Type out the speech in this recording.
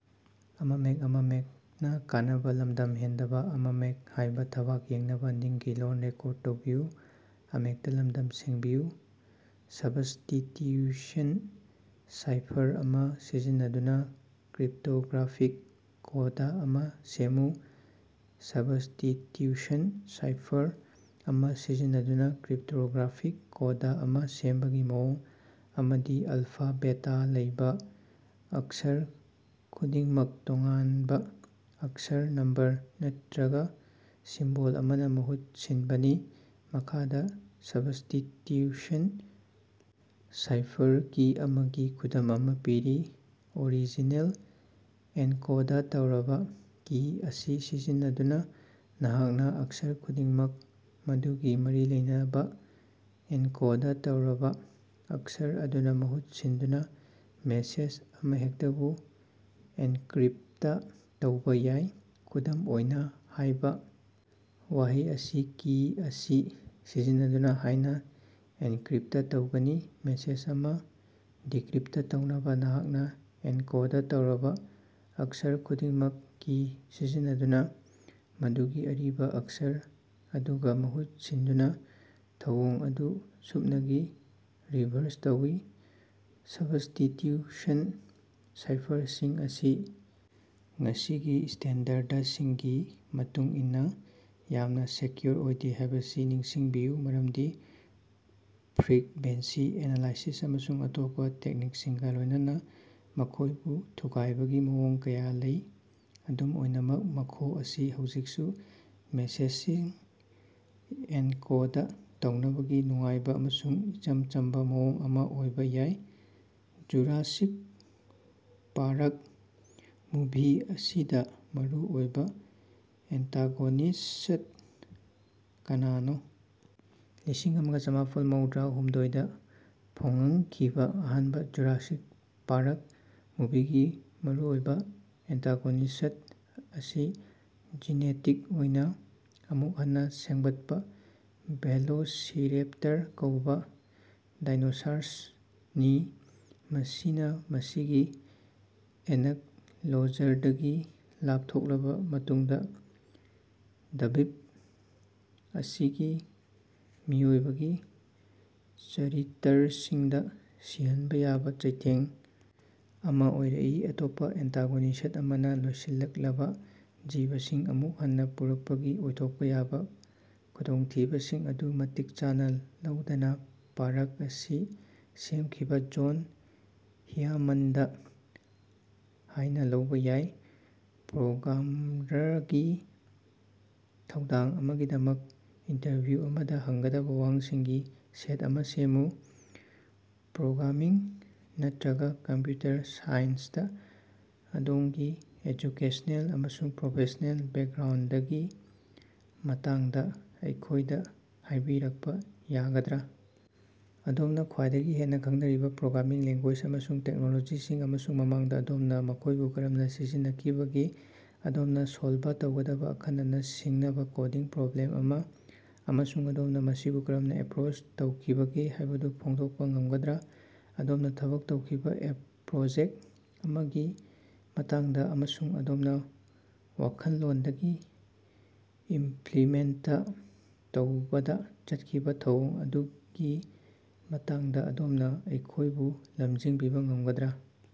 Substitution cipher ꯑꯃ ꯁꯤꯖꯤꯟꯅꯗꯨꯅ cryptographic code ꯑꯃ ꯁꯦꯝꯃꯨ꯫ ꯁꯕ꯭ꯁꯇꯤꯇ꯭ꯌꯨꯁꯟ ꯁꯥꯏꯐꯔ ꯑꯃ ꯁꯤꯖꯤꯟꯅꯗꯨꯅ ꯀ꯭ꯔꯤꯞꯇꯣꯒ꯭ꯔꯥꯐꯤꯛ ꯀꯣꯗ ꯑꯃ ꯁꯦꯝꯕꯒꯤ ꯃꯑꯣꯡ ꯑꯃꯗꯤ ꯑꯜꯐꯥ ꯕꯦꯇꯥ ꯂꯩꯕ ꯑꯛꯁꯔ ꯈꯨꯗꯤꯡꯃꯛ ꯇꯣꯉꯥꯟꯕ ꯑꯛꯁꯔ, ꯅꯝꯕꯔ ꯅꯠꯇꯔꯒ ꯁꯤꯝꯕꯣꯜ ꯑꯃꯅ ꯃꯍꯨꯠ ꯁꯤꯟꯕꯅꯤ꯫ ꯃꯈꯥꯗ ꯁꯕ꯭ꯁꯇꯤꯇ꯭ꯌꯨꯁꯟ ꯁꯥꯏꯐꯔ ꯀꯤ ꯑꯃꯒꯤ ꯈꯨꯗꯝ ꯑꯃ ꯄꯤꯔꯤ, ꯑꯣꯔꯤꯖꯤꯅꯦꯜ - ꯑꯦꯟꯀꯣꯗ ꯇꯧꯔꯕ ꯀꯤ ꯑꯁꯤ ꯁꯤꯖꯤꯟꯅꯗꯨꯅ, ꯅꯍꯥꯛꯅ ꯑꯛꯁꯔ ꯈꯨꯗꯤꯡꯃꯛ ꯃꯗꯨꯒꯤ ꯃꯔꯤ ꯂꯩꯅꯕ ꯑꯦꯟꯀꯣꯗ ꯇꯧꯔꯕ ꯑꯛꯁꯔ ꯑꯗꯨꯅ ꯃꯍꯨꯠ ꯁꯤꯟꯗꯨꯅ ꯃꯦꯁꯦꯖ ꯑꯃꯍꯦꯛꯇꯕꯨ ꯑꯦꯟꯀ꯭ꯔꯤꯞꯇ ꯇꯧꯕ ꯌꯥꯏ꯫ ꯈꯨꯗꯝ ꯑꯣꯏꯅ, ꯍꯥꯏꯕ ꯋꯥꯍꯩ ꯑꯁꯤ ꯀꯤ ꯑꯁꯤ ꯁꯤꯖꯤꯟꯅꯗꯨꯅ ꯍꯥꯏꯅ ꯑꯦꯟꯀ꯭ꯔꯤꯞꯇ ꯇꯧꯒꯅꯤ꯫ ꯃꯦꯁꯦꯖ ꯑꯃ ꯗꯤꯀ꯭ꯔꯤꯞꯇ ꯇꯧꯅꯕ, ꯅꯍꯥꯛꯅ ꯑꯦꯟꯀꯣꯗ ꯇꯧꯔꯕ ꯑꯛꯁꯔ ꯈꯨꯗꯤꯡꯃꯛ ꯀꯤ ꯁꯤꯖꯤꯟꯅꯗꯨꯅ ꯃꯗꯨꯒꯤ ꯑꯔꯤꯕ ꯑꯛꯁꯔ ꯑꯗꯨꯒ ꯃꯍꯨꯠ ꯁꯤꯟꯗꯨꯅ ꯊꯧꯑꯣꯡ ꯑꯗꯨ ꯁꯨꯞꯅꯒꯤ ꯔꯤꯚꯔꯁ ꯇꯧꯏ꯫ ꯁꯕ꯭ꯁꯇꯤꯇ꯭ꯌꯨꯁꯟ ꯁꯥꯏꯐꯔꯁꯤꯡ ꯑꯁꯤ ꯉꯁꯤꯒꯤ ꯁ꯭ꯇꯦꯟꯗꯔꯗꯁꯤꯡꯒꯤ ꯃꯇꯨꯡ ꯏꯟꯅ ꯌꯥꯝꯅ ꯁꯦꯀ꯭ꯌꯨꯔ ꯑꯣꯏꯗꯦ ꯍꯥꯏꯕꯁꯤ ꯅꯤꯡꯁꯤꯡꯕꯤꯌꯨ, ꯃꯔꯝꯗꯤ ꯐ꯭ꯔꯤꯛꯕꯦꯟꯁꯤ ꯑꯦꯅꯥꯂꯥꯏꯁꯤꯁ ꯑꯃꯁꯨꯡ ꯑꯇꯣꯞꯄ ꯇꯦꯛꯅꯤꯛꯁꯤꯡꯒ ꯂꯣꯏꯅꯅ ꯃꯈꯣꯏꯕꯨ ꯊꯨꯒꯥꯏꯕꯒꯤ ꯃꯑꯣꯡ ꯀꯌꯥ ꯂꯩ꯫ ꯑꯗꯨꯝ ꯑꯣꯏꯅꯃꯛ, ꯃꯈꯣ ꯑꯁꯤ ꯍꯧꯖꯤꯛꯁꯨ ꯃꯦꯁꯦꯖꯁꯤꯡ ꯑꯦꯟꯀꯣꯗ ꯇꯧꯅꯕꯒꯤ ꯅꯨꯡꯉꯥꯏꯕ ꯑꯃꯁꯨꯡ ꯏꯆꯝ ꯆꯝꯕ ꯃꯑꯣꯡ ꯑꯃ ꯑꯣꯏꯕ ꯌꯥꯏ꯫ ꯖꯨꯔꯥꯁꯤꯛ ꯄꯥꯔꯛ ꯃꯨꯚꯤ ꯑꯁꯤꯗ ꯃꯔꯨ ꯑꯣꯏꯕ ꯑꯦꯟꯇꯥꯒꯣꯅꯤꯁ꯭ꯠ ꯀꯅꯥꯅꯣ? ꯂꯤꯁꯤꯡ ꯑꯃꯒ ꯆꯃꯥꯄꯜ ꯃꯧꯗ꯭ꯔꯥ ꯍꯨꯝꯗꯣꯏꯗꯥ ꯐꯣꯉꯡꯈꯤꯕ ꯑꯍꯥꯟꯕ ꯖꯨꯔꯥꯁꯤꯛ ꯄꯥꯔꯛ ꯃꯨꯚꯤꯒꯤ ꯃꯔꯨꯑꯣꯏꯕ ꯑꯦꯟꯇꯥꯒꯣꯅꯤꯁ꯭ꯠ ꯑꯁꯤ ꯖꯤꯅꯦꯇꯤꯛ ꯑꯣꯏꯅ ꯑꯃꯨꯛ ꯍꯟꯅ ꯁꯦꯝꯒꯠꯄ ꯚꯦꯂꯣꯁꯤꯔꯦꯞꯇꯔ ꯀꯧꯕ ꯗꯥꯏꯅꯣꯁꯥꯔꯁꯅꯤ, ꯃꯁꯤꯅ ꯃꯁꯤꯒꯤ ꯑꯦꯅꯛꯂꯣꯖꯔꯗꯒꯤ ꯂꯥꯞꯊꯣꯛꯂꯕ ꯃꯇꯨꯡꯗꯥ ꯗ꯭ꯕꯤꯞ ꯑꯁꯤꯒꯤ ꯃꯤꯑꯣꯏꯕꯒꯤ ꯆꯔꯤꯇꯔꯁꯤꯡꯗ ꯁꯤꯍꯟꯕ ꯌꯥꯕ ꯆꯩꯊꯦꯡ ꯑꯃ ꯑꯣꯏꯔꯛꯏ꯫ ꯑꯇꯣꯞꯄ ꯑꯦꯟꯇꯥꯒꯣꯅꯤꯁ꯭ꯠ ꯑꯃꯅ ꯂꯣꯏꯁꯤꯜꯂꯛꯂꯕꯥ ꯖꯤꯕꯁꯤꯡ ꯑꯃꯨꯛ ꯍꯟꯅ ꯄꯨꯔꯛꯄꯒꯤ ꯑꯣꯏꯊꯣꯛꯄ ꯌꯥꯕ ꯈꯨꯗꯣꯡꯊꯤꯕꯁꯤꯡ ꯑꯗꯨ ꯃꯇꯤꯛ ꯆꯥꯅ ꯂꯧꯗꯅ ꯄꯥꯔꯛ ꯑꯁꯤ ꯁꯦꯝꯈꯤꯕ ꯖꯣꯟ ꯍ꯭ꯌꯥꯃꯟꯗ ꯍꯥꯏꯅ ꯂꯧꯕ ꯌꯥꯏ꯫ ꯄ꯭ꯔꯣꯒ꯭ꯔꯥꯝꯔꯒꯤ ꯊꯧꯗꯥꯡ ꯑꯃꯒꯤꯗꯃꯛ ꯏꯟꯇꯔꯚꯤꯎ ꯑꯃꯗ ꯍꯪꯒꯗꯕ ꯋꯥꯍꯪꯁꯤꯡꯒꯤ ꯁꯦꯠ ꯑꯃ ꯁꯦꯝꯃꯨ꯫ ꯄ꯭ꯔꯣꯒ꯭ꯔꯥꯃꯤꯡ ꯅꯠꯇꯔꯒ ꯀꯝꯄ꯭ꯌꯨꯇꯔ ꯁꯥꯏꯟꯁꯇꯥ ꯑꯗꯣꯝꯒꯤ ꯑꯦꯖꯨꯀꯦꯁꯅꯦꯜ ꯑꯃꯁꯨꯡ ꯄ꯭ꯔꯣꯐꯦꯁ꯭ꯅꯦꯜ ꯕꯦꯛꯒ꯭ꯔꯥꯎꯟꯗꯒꯤ ꯃꯇꯥꯡꯗ ꯑꯩꯈꯣꯏꯗ ꯍꯥꯏꯕꯤꯔꯛꯄ ꯌꯥꯒꯗ꯭ꯔꯥ? ꯑꯗꯣꯝꯅ ꯈ꯭ꯋꯥꯏꯗꯒꯤ ꯍꯦꯟꯅ ꯈꯪꯅꯔꯤꯕ ꯄ꯭ꯔꯣꯒ꯭ꯔꯥꯃꯤꯡ ꯂꯦꯡꯒꯨꯌꯦꯖ ꯑꯃꯁꯨꯡ ꯇꯦꯛꯅꯣꯂꯣꯖꯤꯁꯤꯡ, ꯑꯃꯁꯨꯡ ꯃꯃꯥꯡꯗ ꯑꯗꯣꯝꯅ ꯃꯈꯣꯏꯕꯨ ꯀꯔꯝꯅ ꯁꯤꯖꯤꯟꯅꯈꯤꯕꯒꯦ? ꯑꯗꯣꯝꯅ ꯁꯣꯜꯕ ꯇꯧꯒꯗꯕ ꯑꯈꯟꯅꯅ ꯁꯤꯡꯅꯕ ꯀꯣꯗꯤꯡ ꯄ꯭ꯔꯣꯕ꯭ꯂꯦꯝ ꯑꯃ, ꯑꯃꯁꯨꯡ ꯑꯗꯣꯝꯅ ꯃꯁꯤꯕꯨ ꯀꯔꯝꯅ ꯑꯦꯞꯔꯣꯆ ꯇꯧꯈꯤꯕꯒꯦ ꯍꯥꯏꯕꯗꯨ ꯐꯣꯡꯗꯣꯛꯄ ꯉꯝꯒꯗ꯭ꯔꯥ? ꯑꯗꯣꯝꯅ ꯊꯕꯛ ꯇꯧꯈꯤꯕ ꯄ꯭ꯔꯣꯖꯦꯛꯇ ꯑꯃꯒꯤ ꯃꯇꯥꯡꯗ ꯑꯃꯁꯨꯡ ꯑꯗꯣꯝꯅ ꯋꯥꯈꯟꯂꯣꯟꯗꯒꯤ ꯏꯝꯐ꯭ꯂꯤꯃꯦꯟꯇ ꯇꯧꯕꯗ ꯆꯠꯈꯤꯕ ꯊꯧꯑꯣꯡ ꯑꯗꯨꯒꯤ ꯃꯇꯥꯡꯗ ꯑꯗꯣꯝꯅ ꯑꯩꯈꯣꯏꯕꯨ ꯂꯝꯖꯤꯡꯕꯤꯕ ꯉꯝꯒꯗ꯭ꯔꯥ?